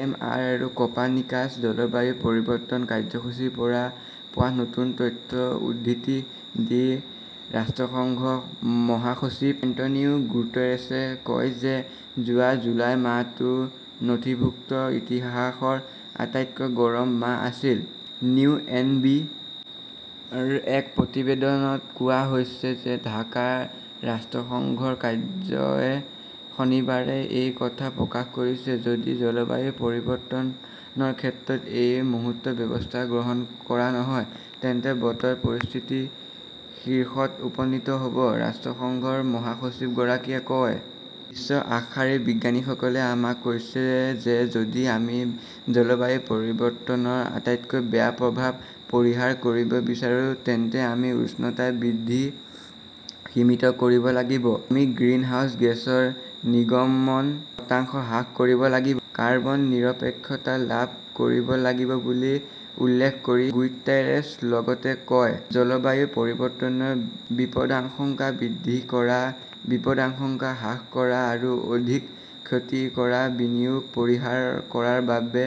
M. অ '. আৰু Copernicus জলবায়ু পৰিৱৰ্তন কাৰ্যসূচীৰ পৰা পোৱা নতুন তথ্যৰ উদ্ধৃতি দি ৰাষ্ট্ৰসংঘৰ মহাসচিব এন্টোনিও গুটেৰেছে কয় যে যোৱা জুলাই মাহটো নথিভুক্ত ইতিহাসৰ আটাইতকৈ গৰম মাহ আছিল। ইউ. এন. বি. -ৰ এক প্ৰতিবেদনত কোৱা হৈছে যে ঢাকাৰ ৰাষ্ট্ৰসংঘৰ কাৰ্যয়ে শনিবাৰে এই কথা প্ৰকাশ কৰিছে। "যদি জলবায়ু পৰিৱৰ্তনৰ ক্ষেত্ৰত এই মুহূৰ্তত ব্যৱস্থা গ্ৰহণ কৰা নহয় তেন্তে বতৰ পৰিস্থিতি শীৰ্ষত উপনীত হ'ব ", ৰাষ্ট্ৰসংঘৰ মহাসচিবগৰাকীয়ে কয়। বিশ্বৰ আগশাৰীৰ বিজ্ঞানীসকলে আমাক কৈছে যে যদি আমি জলবায়ু পৰিৱৰ্তনৰ আটাইতকৈ বেয়া প্ৰভাৱ পৰিহাৰ কৰিব বিচাৰো তেন্তে আমি উষ্ণতা বৃদ্ধি সীমিত কৰিব লাগিব। আমি গ্ৰিনহাউজ গেছৰ নিৰ্গমন শতাংশ হ্ৰাস কৰিব লাগিব। " কাৰ্বন নিৰপেক্ষতা লাভ কৰিব লাগিব বুলি উল্লেখ কৰি গুইটেৰেছে লগতে কয়", জলবায়ু পৰিৱৰ্তনৰ বিপদাশংকা বৃদ্ধি কৰা, বিপদাশংকা হ্ৰাস কৰা আৰু অধিক ক্ষতি কৰা বিনিয়োগ পৰিহাৰ কৰাৰ বাবে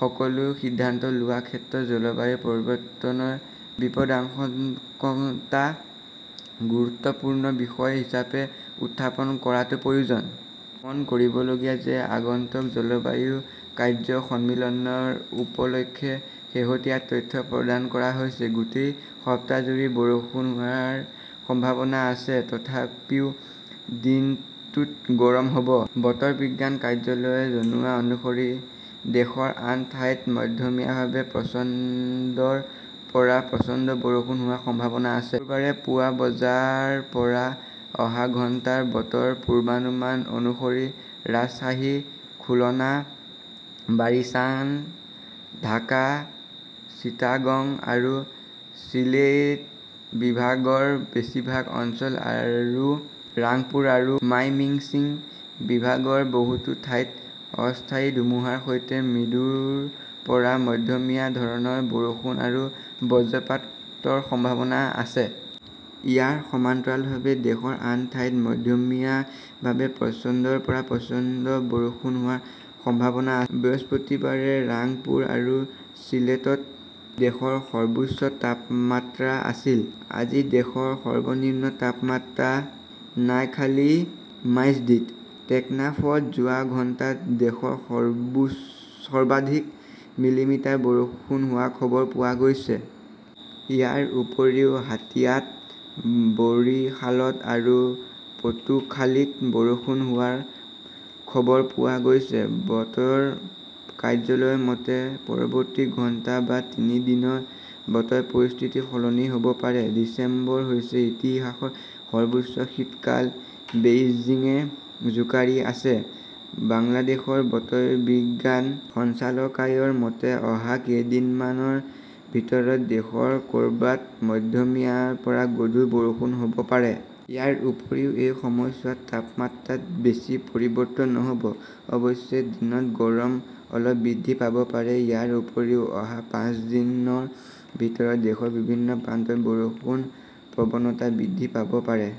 সকলো সিদ্ধান্ত লোৱাৰ ক্ষেত্ৰত জলবায়ু পৰিৱৰ্তনৰ বিপদাশংকাতা গুৰুত্বপূৰ্ণ বিষয় হিচাপে উত্থাপন কৰাটো প্ৰয়োজনীয়। "মন কৰিবলগীয়া যে আগন্তুক জলবায়ু কাৰ্য্য সন্মিলনৰ উপলক্ষে শেহতীয়া তথ্য প্ৰদান কৰা হৈছে। গোটেই সপ্তাহজুৰি বৰষুণ হোৱাৰ সম্ভাৱনা আছে তথাপিও দিনটোত গৰম হ'ব। বতৰ বিজ্ঞান কাৰ্যালয়ে জনোৱা অনুসৰি দেশৰ আন ঠাইত মধ্যমীয়াভাৱে প্ৰচণ্ডৰ পৰা প্ৰচণ্ড বৰষুণ হোৱাৰ সম্ভাৱনা আছে। শুকুৰবাৰে পুৱা বজাৰ পৰা অহা ঘণ্টাৰ বতৰৰ পূৰ্বানুমান অনুসৰি ৰাজশ্বাহী, খুলনা, বাৰিছাল, ঢাকা, চিটাগং আৰু চিলেট বিভাগৰ বেছিভাগ অঞ্চল আৰু ৰাংপুৰ আৰু মাইমিংছিং বিভাগৰ বহুতো ঠাইত অস্থায়ী ধুমুহাৰ সৈতে মৃদুৰ পৰা মধ্যমীয়া ধৰণৰ বৰষুণ আৰু বজ্ৰপাতৰ সম্ভাৱনা আছে। ইয়াৰ সমান্তৰালভাৱে দেশৰ আন ঠাইত মধ্যমীয়াভাৱে প্ৰচণ্ডৰ পৰা প্ৰচণ্ড বৰষুণ হোৱাৰ সম্ভাৱনা আছে। বৃহস্পতিবাৰে ৰাংপুৰ আৰু চিলেটত দেশৰ সৰ্বোচ্চ তাপমাত্ৰা আছিল। আজি দেশৰ সৰ্বনিম্ন তাপমাত্ৰা নাইখালীৰ মাইজদীত। টেকনাফত যোৱা ঘণ্টাত দেশত সৰ্বাধিক মিলিমিটাৰ বৰষুণ হোৱাৰ খবৰ পোৱা গৈছে। ইয়াৰ উপৰিও হাতিয়াত, বৰিশালত আৰু পটুখালীত বৰষুণ হোৱাৰ খবৰ পোৱা গৈছে। বতৰৰ কাৰ্যালয়ৰ মতে, পৰৱৰ্তী ঘণ্টা বা তিনি দিনত বতৰ পৰিস্থিতি সলনি হ'ব পাৰে। ডিচেম্বৰ হৈছে ইতিহাসৰ সৰ্বোচ্চ শীতকাল, বেইজিঙে জোকাৰি আছে বাংলাদেশ বতৰ বিজ্ঞান সঞ্চালকায়ৰ মতে, অহা কেইদিনমানৰ ভিতৰত দেশৰ ক'ৰবাত মধ্যমীয়াৰ পৰা গধুৰ বৰষুণ হ'ব পাৰে। ইয়াৰ উপৰিও এই সময়ছোৱাত তাপমাত্ৰাত বেছি পৰিৱৰ্তন নহ'ব। অৱশ্যে, দিনত গৰম অলপ বৃদ্ধি পাব পাৰে। ইয়াৰ উপৰিও, অহা পাঁচ দিনৰ ভিতৰত দেশৰ বিভিন্ন প্ৰান্তত বৰষুণ প্ৰৱণতা বৃদ্ধি পাব পাৰে।